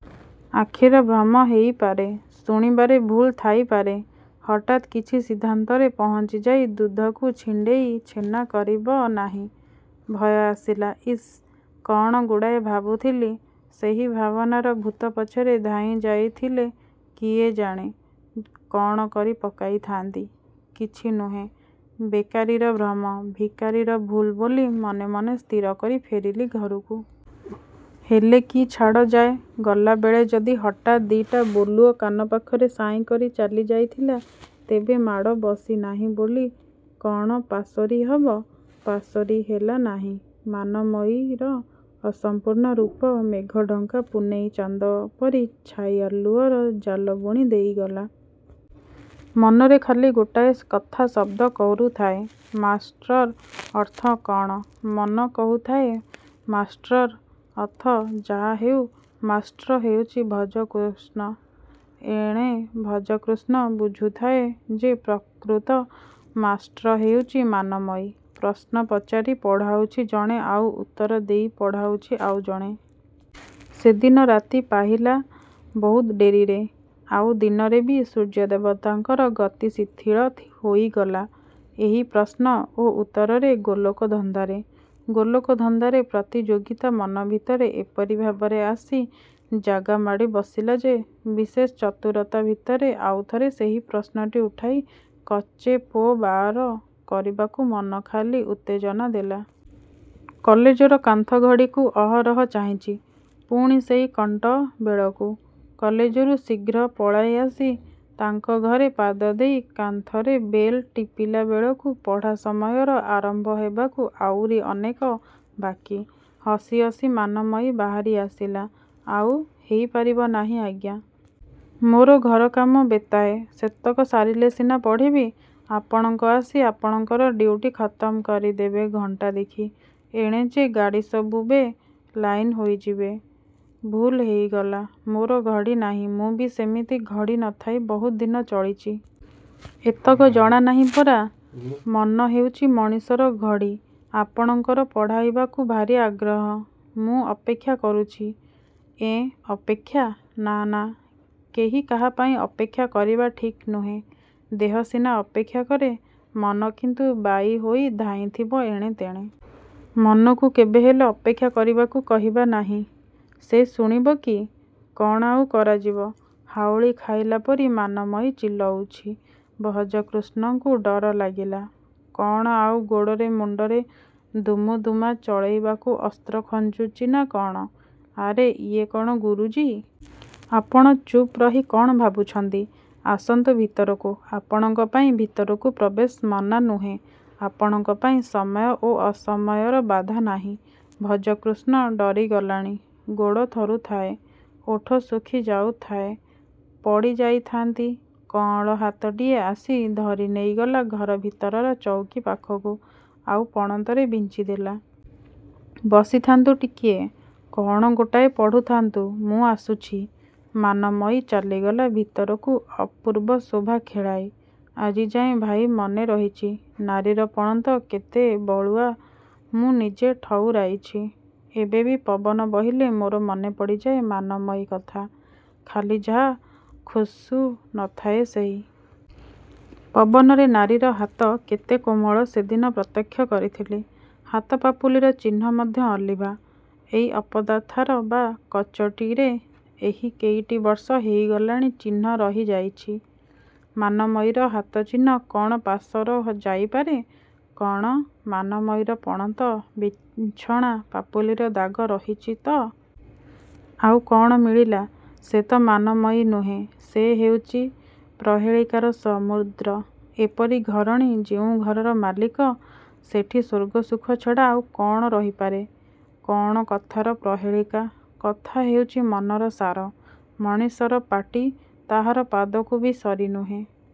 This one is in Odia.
ଆଖିର ଭ୍ରମ ହେଇପାରେ, ଶୁଣିବାରେ ଭୁଲ୍ ଥାଇପାରେ–ହଠାତ୍ କିଛି ସିଦ୍ଧାନ୍ତରେ ପହଞ୍ଚିଯାଇ ଦୁଧକୁ ଛିଣ୍ଡେଇ ଛେନା କରିବ ନାହିଁ। ଭୟ ଆସିଲା–ଇସ୍, କ'ଣ ଗୁଡ଼ାଏ ଭାବୁଥିଲି? ସେହି ଭାବନାର ଭୂତ ପଛରେ ଧାଇଁ ଯାଇଥିଲେ କିଏ ଜାଣେ କ'ଣ କରି ପକାଇଥାନ୍ତି? କିଛି ନୁହେଁ, ବେକାରିର ଭ୍ରମ, ଭିକାରିର ଭୁଲ୍ ବୋଲି ମନେ ମନେ ସ୍ଥିର କରି ଫେରିଲି ଘରକୁ। ହେଲେ କି ଛାଡ଼ ଯାଏ? ଗଲାବେଳେ ଯଦି ହଠାତ୍ ଦି'ଟା ବୋଲୁଅ କାନ ପାଖରେ ସାଇଁ କରି ଚାଲିଯାଇଥିଲା ତେବେ ମାଡ଼ ବସିନାହିଁ ବୋଲି କ'ଣ ପାଶୋରି ହବ? ପାଶୋରି ହେଲା ନାହିଁ। ମାନମୟୀର ଅସଂପୂର୍ଣ୍ଣ ରୂପ ମେଘଢ଼ଙ୍କା ପୂନେଇଁ ଚାନ୍ଦ ପରି ଛାଇ ଆଲୁଅର ଜାଲ ବୁଣି ଦେଇଗଲା। ମନରେ ଖାଲି ଗୋଟାଏ କଥା ଶବ୍ଦ କରୁଥାଏ–ମାଷ୍ଟ୍ରର ଅର୍ଥ କ'ଣ? ମନ କହୁଥାଏ ମାଷ୍ଟ୍ରର ଅର୍ଥ ଯାହା ହେଉ ମାଷ୍ଟ୍ର ହେଉଛି ଭଜକୃଷ୍ଣ। ଏଣେ ଭଜକୃଷ୍ଣ ବୁଝୁଥାଏ ଯେ ପ୍ରକୃତ ମାଷ୍ଟ୍ର ହେଉଛି ମାନମୟୀ? ପ୍ରଶ୍ନ ପଚାରି ପଢ଼ାଉଛି ଜଣେ ଆଉ ଉତ୍ତର ଦେଇ ପଢ଼ାଉଛି ଆଉ ଜଣେ। ସେଦିନ ରାତି ପାହିଲା ବହୁତ ଡେରିରେ। ଆଉ ଦିନରେ ବି ସୂର୍ଯ୍ୟଦେବତାଙ୍କର ଗତି ଶିଥିଳ ହୋଇଗଲା ଏଇ ପ୍ରଶ୍ନ ଓ ଉତ୍ତରର ଗୋଲକଧନ୍ଦାରେ। ଗୋଲକଧନ୍ଦାର ପ୍ରତିଯୋଗିତା ମନ ଭିତରେ ଏପରି ଭାବରେ ଆସି ଜାଗା ମାଡ଼ି ବସିଲା ଯେ, ବିଶେଷ ଚତୁରତା ଭିତରେ ଆଉ ଥରେ ସେହି ପ୍ରଶ୍ନଟି ଉଠାଇ କଚେ–ପୋ–ବାଆର କରିବାକୁ ମନ ଖାଲି ଉତ୍ତେଜନା ଦେଲା। କଲେଜର କାନ୍ଥଘଡ଼ିକୁ ଅହରହ ଚାହିଁଛି–ପୁଣି ସେହି କଣ୍ଟ ବେଳକୁ। କଲେଜରୁ ଶୀଘ୍ର ପଳାଇ ଆସି ତାଙ୍କ ଘରେ ପାଦ ଦେଇ କାନ୍ଥରେ ବେଲ୍ ଟିପିଲା ବେଳକୁ ପଢ଼ା ସମୟର ଆରମ୍ଭ ହେବାକୁ ଆଉରି ଅନେକ ବାକି। ହସି ହସି ମାନମୟୀ ବାହାରି ଆସିଲା–ଆଉ ହେଇ ପାରିବ ନାହିଁ ଆଜ୍ଞା। ମୋର ଘରକାମ ବେତାଏ–ସେତକ ସାରିଲେ ସିନା ପଢ଼ିବି। ଆପଣ ଆସି ଆପଣଙ୍କର ଡିଉଟି ଖତମ୍ କରିଦେବେ ଘଣ୍ଟା ଦେଖି। ଏଣେ ଯେ ଗାଡ଼ିସବୁ ବେ–ଲାଇନ୍ ହୋଇଯିବେ। –ଭୁଲ୍ ହେଇଗଲା। ମୋର ଘଡ଼ି ନାହିଁ। –ମୁଁ ବି ସେମିତି ଘଡ଼ି ନ ଥାଇ ବହୁତ ଦିନ ଚଳିଛି। ଏତକ ଜଣାନାହିଁ ପରା? ମନ ହେଉଛି ମଣିଷର ଘଡ଼ି ଆପଣଙ୍କର ପଢ଼ାଇବାକୁ ଭାରି ଆଗ୍ରହ। –ମୁଁ ଅପେକ୍ଷା କରୁଛି। –ଏଁ, ଅପେକ୍ଷା? ନା, ନା, କେହି କାହାପାଇଁ ଅପେକ୍ଷା କରିବା ଠିକ୍ ନୁହେଁ। ଦେହ ସିନା ଅପେକ୍ଷା କରେ। ମନ କିନ୍ତୁ ବାଇ ହୋଇ ଧାଇଁଥିବ ଏଣେ ତେଣେ। ମନକୁ କେବେହେଲେ ଅପେକ୍ଷା କରିବାକୁ କହିବା ନାହିଁ। ସେ ଶୁଣିବ କି? କ'ଣ ଆଉ କରାଯିବ? ହାଉଳି ଖାଇଲା ପରି ମାନମୟୀ ଚିଲଉଛି। ଭଜକୃଷ୍ଣକୁ ଡର ଲାଗିଲା। କ'ଣ ଆଉ ଗୋଡ଼ରେ ମୁଣ୍ଡରେ ଦୁମୁଦୁମା ଚଳେଇବାକୁ ଅସ୍ତ୍ର ଖଞ୍ଜୁଛି ନା କ'ଣ? –ଆରେ ଇଏ କ'ଣ ଗୁରୁଜୀ? ଆପଣ ଚୁପ୍ ରହି କ'ଣ ଭାବୁଛନ୍ତି? ଆସନ୍ତୁ ଭିତରକୁ। ଆପଣଙ୍କ ପାଇଁ ଭିତରକୁ ପ୍ରବେଶ ମନା ନୁହେଁ ଆପଣଙ୍କ ପାଇଁ ସମୟ ଓ ଅସମୟର ବାଧା ନାହିଁ-। ଭଜକୃଷ୍ଣ ଡରି ଗଲାଣି। ଗୋଡ଼ ଥରୁଥାଏ। ଓଠ ଶୁଖି ଯାଉଥାଏ। ପଡ଼ି ଯାଇଥାନ୍ତି। କଅଁଳ ହାତଟିଏ ଆସି ଧରି ନେଇଗଲା ଘରଭିତରର ଚଉକି ପାଖକୁ–ଆଉ ପଣତରେ ବିଞ୍ଚିଦେଲା-। ବସିଥାନ୍ତୁ ଟିକିଏ। କ'ଣ ଗୋଟାଏ ପଢ଼ୁଥାନ୍ତୁ ମୁଁ ଆସୁଛି। ମାନମୟୀ ଚାଲିଗଲା ଭିତରକୁ ଅପୂର୍ବ ଶୋଭା ଖେଳାଇ। ଆଜିଯାଏ ଭାଇ ମନେ ରହିଛି। ନାରୀର ପଣତ କେତେ ବଳୁଆ ମୁଁ ନିଜେ ଠଉରାଇଛି। ଏବେ ବି ପବନ ବହିଲେ ମୋର ମନେ ପଡ଼ିଯାଏ ମାନମୟୀ କଥା–ଖାଲି ଯାହା ଖୁସ୍ବୁ ନ ଥାଏ ସେଇ। ପବନରେ। ନାରୀର ହାତ କେତେ କୋମଳ ସେଦିନ ପ୍ରତ୍ୟକ୍ଷ କରିଥିଲି। ହାତ ପାପୁଲିର ଚିହ୍ନ ମଧ୍ୟ ଅଲିଭା। ଏଇ ଅପଦାର୍ଥର ବାଁ କଚଟିରେ ଏହି କେଇଟି ବର୍ଷ ହେଇଗଲାଣି ଚିହ୍ନ ରହି ଯାଇଛି। ମାନମୟୀର ହାତଚିହ୍ନ କ'ଣ ପାଶୋର ଯାଇ ପାରେ? –କ'ଣ? ମାନମୟୀର ପଣତ–ବିଞ୍ଚଣା, ପାପୁଲିର ଦାଗ ରହିଛି ତ। ଆଉ କ'ଣ ମିଳିଲା? –ସେ ତ ମାନମୟୀ ନୁହେଁ। ସେ ହେଉଛି ପ୍ରହେଳିକାର ସମୁଦ୍ର। ଏପରି ଘରଣୀ ଯେଉଁ ଘରର ମାଲିକ, ସେଠି ସ୍ୱର୍ଗସୁଖ ଛଡ଼ା ଆଉ କ'ଣ ରହିପାରେ? –କ'ଣ କଥାର ପ୍ରହେଳିକା? –କଥା ହେଉଛି ମନର ସାର। ମଣିଷର ପାଟି ତାହାର ପାଦକୁ ବି ସରି ନୁହେଁ।